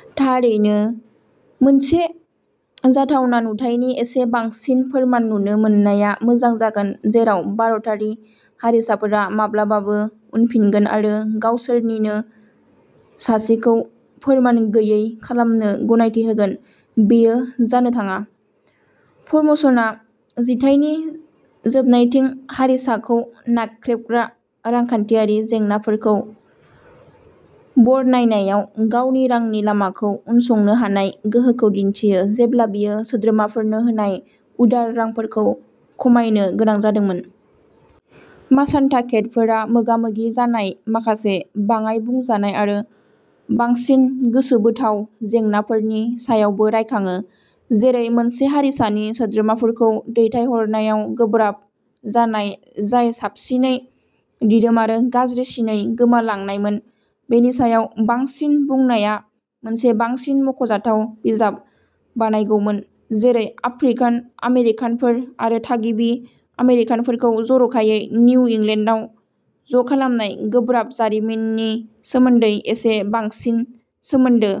" थारैनो? मोनसे जाथावना नुथायनि एसे बांसिन फोरमान नुनो मोननाया मोजां जागोन जेराव भारतारि हारिसाफोरा माब्लाबाबो उनफिनगोन आरो गावसोरनिनो सासेखौ फोरमान गैयै खालामनो गनायथि होगोन। बेयो जानो थाङा। फ'र्मसनआ जिथाइनि जोबनायथिं हारिसाखौ नाख्रेबग्रा रांखान्थियारि जेंनाफोरखौ बरनायनायाव गावनि रांनि लामाखौ उनसंनो हानाय गोहोखौ दिन्थियो, जेब्ला बियो सोद्रोमाफोरनो होनाय उदार रांफोरखौ खमायनो गोनां जादोंमोन। माशान्टाकेटफोरा मोगा-मोगि जानाय माखासे बाङाय-बुंजानाय आरो बांसिन गोसोबोथाव जेंनाफोरनि सायावबो रायखाङो, जेरै मोनसे हारिसानि सोद्रोमाफोरखौ "दैथायहरनायाव" गोब्राब जानाय, जाय साबसिनै दिदोम आरो गाज्रिसिनै गोमालांनायमोन। बेनि सायाव बांसिन बुंनाया मोनसे बांसिन मख'जाथाव बिजाब बानायगौमोन, जेरै आफ्रिकान आमेरिकानफोर आरो थागिबि आमेरिकानफोरखौ जर'खायै निउ इंलेन्डआव ज'खालामनाय गोब्राब जारिमिननि सोमोन्दै एसे बांसिन सोमोन्दो।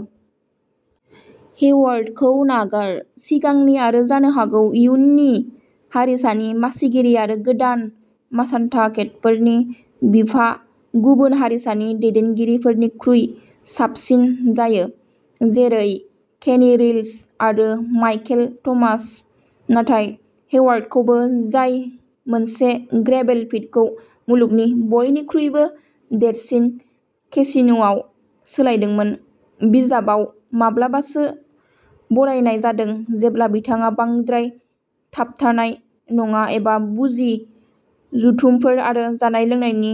हेवार्डखौ नागार, सिगांनि-आरो जानो हागौ इयुननि-हारिसानि मासिगिरि आरो गोदान माशान्टाकेटफोरनि बिफा, गुबुन हारिसानि दैदेनगिरिफोरनिख्रुइ साबसिन जायो, जेरै केनि रिल्स आरो माइकेल थमास। नाथाय हेवार्डखौबो, जाय मोनसे ग्रेभेल पिटखौ मुलुगनि बयनिख्रुइबो देरसिन केसिनोआव सोलायदोंमोन, बिजाबाव माब्लाबासो बरनायनाय जादों जेब्ला बिथाङा "बांद्राय थाबथानाय" नङा एबा "बुजि" जथुमफोर आरो जानाय-लोंनायनि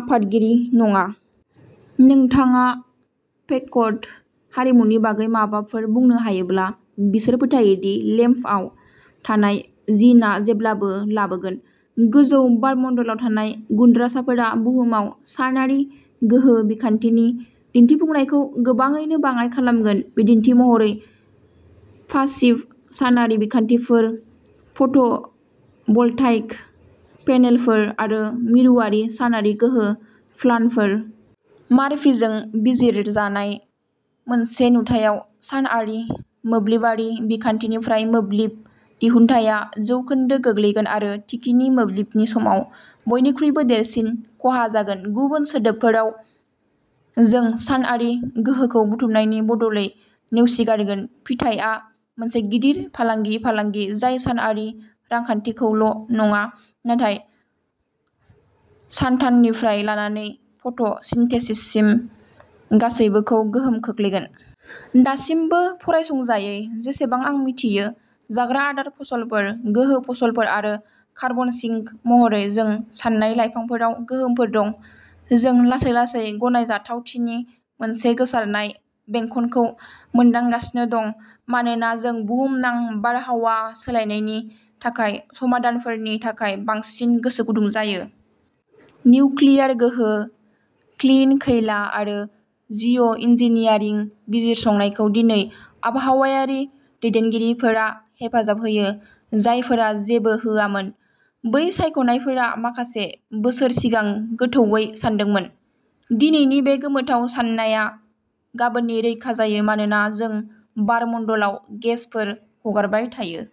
आफादगिरि नङा। "नोंथाङा पेक'ट हारिमुनि बागै माबाफोर बुंनो हायोब्ला, बिसोर फोथायो दि लेम्पआव थानाय जिनआ जेब्लाबो लाबोगोन। गोजौ बारमण्डलाव थानाय गुनद्रासाफोरा बुहुमाव सानआरि गोहो बिखान्थिनि दिन्थिफुंनायखौ गोबाङैनो बाङाइ खालामगोन-बिदिन्थि महरै, पासिभ सानारि बिखान्थिफोर, फट'भल्टाइक पेनेलफोर आरो मिरुआरि सानआरि गोहो प्लान्टफोर। मार्फिजों बिजिरजानाय मोनसे नुथायाव, सानआरि मोब्लिबारि बिखान्थिनिफ्राय मोब्लिब दिहुन्थाया जौखोन्दो गोग्लैगोन आरो थिखिनि मोब्लिबनि समाव बयनिख्रुइबो देरसिन खहा जागोन। गुबुन सोदोबफोराव, जों सानआरि गोहोखौ बुथुमनायनि बदलै नेवसिगारगोन। फिथायआ मोनसे गिदिर फालांगि-फालांगि जाय सानआरि रांखान्थिखौल'नङा, नाथाय सानटाननिफ्राय लानानै फट'सिनथेसिससिम गासैबोखौ गोहोम खोख्लैगोन। दासिमबो फरायसंजायै, जेसेबां आं मिथियो, जाग्रा आदार फसलफोर, गोहो फसलफोर आरो कार्बन सिंक महरै जों सान्नाय लाइफांफोराव गोहोमफोर दं। जों लासै-लासै गनायजाथावथिनि मोनसे गोसारनाय बेंखनखौ मोनदांगासिनो दं मानोना जों बुहुमनां बारहावा सोलायनायनि थाखाय समाधानफोरनि थाखाय बांसिन गोसो गुदुं जायो। निउक्लियार गोहो, "क्लिन खैला" आरो जिअ'- इन्जिनियारिं बिजिरसंनायखौ दिनै आबहावायारि दैदेनगिरिफोरा हेफाजाब होयो, जायफोरा जेबो होआमोन। बै सायख'नायफोरा माखासे बोसोर सिगां गोथौवै सानदोंमोन। दिनैनि बे गोमोथाव साननाया गाबोननि रैखा जायो मानोना जों बारमण्डलाव गेसफोर हगारबाय थायो।